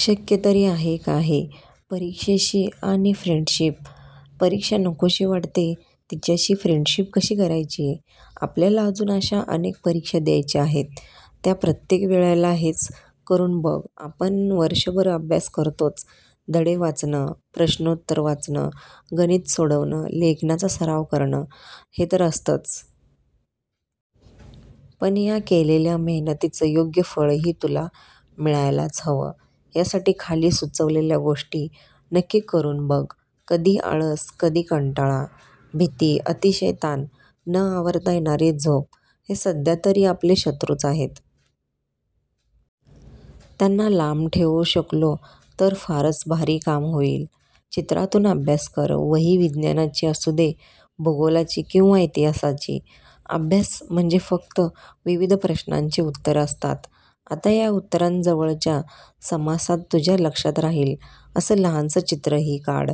शक्य तरी आहे का हे? परीक्षेशी आणि फ्रेंडशिप? परीक्षा नकोशी वाटते. तिच्याशीच फ्रेंडशिप कशी करायची? आपल्याला अजून अशा अनेक परीक्षा द्यायच्या आहेत. त्या प्रत्येक वेळेला हेच करून बघ. आपण वर्षभर अभ्यास करतोच. धडे वाचणं, प्रश्नोत्तरं वाचणं, गणितं सोडवणं, लेखनाचा सराव करणं – हे तर असतंच. पण या केलेल्या मेहनतीचं योग्य फळही तुला मिळायलाच हवं. यासाठी खाली सुचवलेल्या गोष्टी नक्की करून बघ. कधी आळस, कधी कंटाळा, भीती, अतिशय ताण, न आवरता येणारी झोप – हे सध्या तरी आपले शत्रूच आहेत. त्यांना लांब ठेवू शकलो, तर फारच भारी काम होईल. चित्रातून अभ्यास कर. वही विज्ञानाची असू दे, भूगोलाची किंवा इतिहासाची; अभ्यास म्हणजे फक्त विविध प्रश्नांची उत्तरं असतात. आता या उत्तरांजवळच्या समासात तुझ्या लक्षात राहील असं लहानसं चित्रही काढ.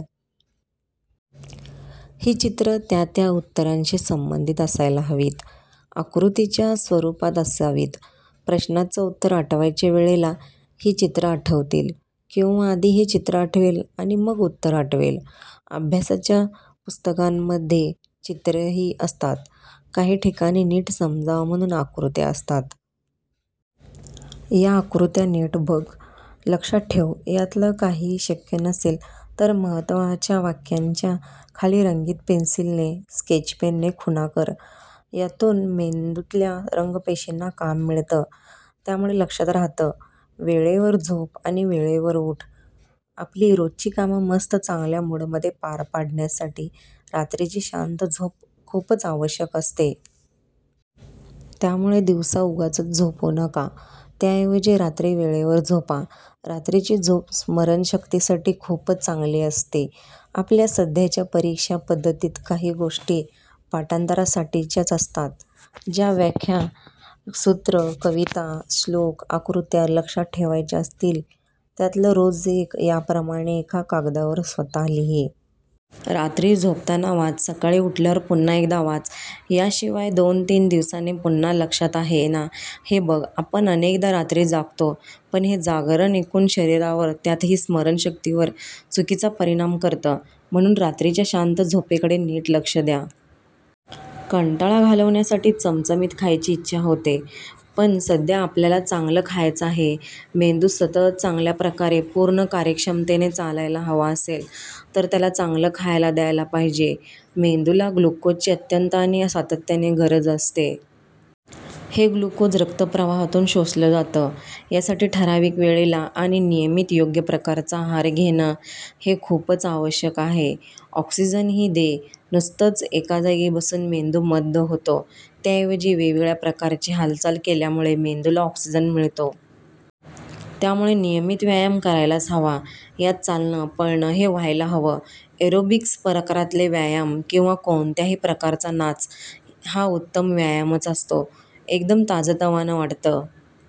ही चित्रं त्या त्या उत्तरांशी संबंधित असायला हवीत. आकृतीच्या स्वरूपात असावीत. प्रश्नाचं उत्तर आठवायच्या वेळेला ही चित्रं आठवतील. किंवा आधी हे चित्र आठवेल आणि मग उत्तर आठवेल. अभ्यासाच्या पुस्तकांमध्ये चित्रंही असतात. काही ठिकाणी, नीट समजावं म्हणून आकृत्या असतात. या आकृत्या नीट बघ. लक्षात ठेव. यातलं काहीही शक्य नसेल, तर महत्त्वाच्या वाक्यांच्या खाली रंगीत पेन्सिलीने/स्केचपेनने खुणा कर. यातून मेंदूतल्या रंगपेशींना काम मिळतं. त्यामुळे लक्षात राहतं. वेळेवर झोप आणि वेळेवर ऊठ! आपली रोजची कामं मस्त चांगल्या मूडमध्ये पार पडण्यासाठी रात्रीची शांत झोप खूपच आवश्यक असते. त्यामुळे दिवसा उगाचच झोपू नका. त्याऐवजी रात्री वेळेवर झोपा. रात्रीची झोप स्मरणशक्तीसाठी खूपच चांगली असते. आपल्या सध्याच्या परीक्षा पद्धतीत काही गोष्टी पाठांतरासाठीच्याच असतात. ज्या व्याख्या, सूत्रं, कविता, श्लोक, आकृत्या लक्षात ठेवायच्या असतील, त्यातलं रोज एक याप्रमाणे एका कागदावर स्वतः लिही. रात्री झोपताना वाच. सकाळी उठल्यावर पुन्हा एकदा वाच. याशिवाय दोन-तीन दिवसांनी पुन्हा लक्षात आहे ना, हे बघ. आपण अनेकदा रात्री जागतो. पण हे जागरण एकूण शरीरावर, त्यातही स्मरणशक्तीवर चुकीचा परिणाम करतं. म्हणून रात्रीच्या शांत झोपेकडे नीट लक्ष द्या. कंटाळा घालवण्यासाठी चमचमीत खायची इच्छा होते. पण सध्या आपल्याला चांगलं खायचं आहे! मेंदू सतत, चांगल्या प्रकारे, पूर्ण कार्यक्षमतेने चालायला हवा असेल, तर त्याला चांगलं खायला द्यायला पाहिजे. मेंदूला ग्लुकोजची अत्यंत आणि सातत्याने गरज असते. हे ग्लुकोज रक्तप्रवाहातून शोषलं जातं. यासाठी ठरावीक वेळेला आणि नियमित योग्य प्रकारचा आहार घेणं हे खूपच आवश्यक आहे. ऑक्सिजनही दे! नुसतंच एकाजागी बसून मेंदू मंद होतो. त्याऐवजी वेगवेगळ्या प्रकारची हालचाल केल्यामुळे मेंदूला ऑक्सिजन मिळतो. त्यामुळे नियमित व्यायाम करायलाच हवा. यात चालणं, पळणं हे व्हायला हवं. एरोबिक्स प्रकारातले व्यायाम किंवा कोणत्याही प्रकारचा नाच हा उत्तम व्यायामच असतो. एकदम ताजंतवानं वाटतं.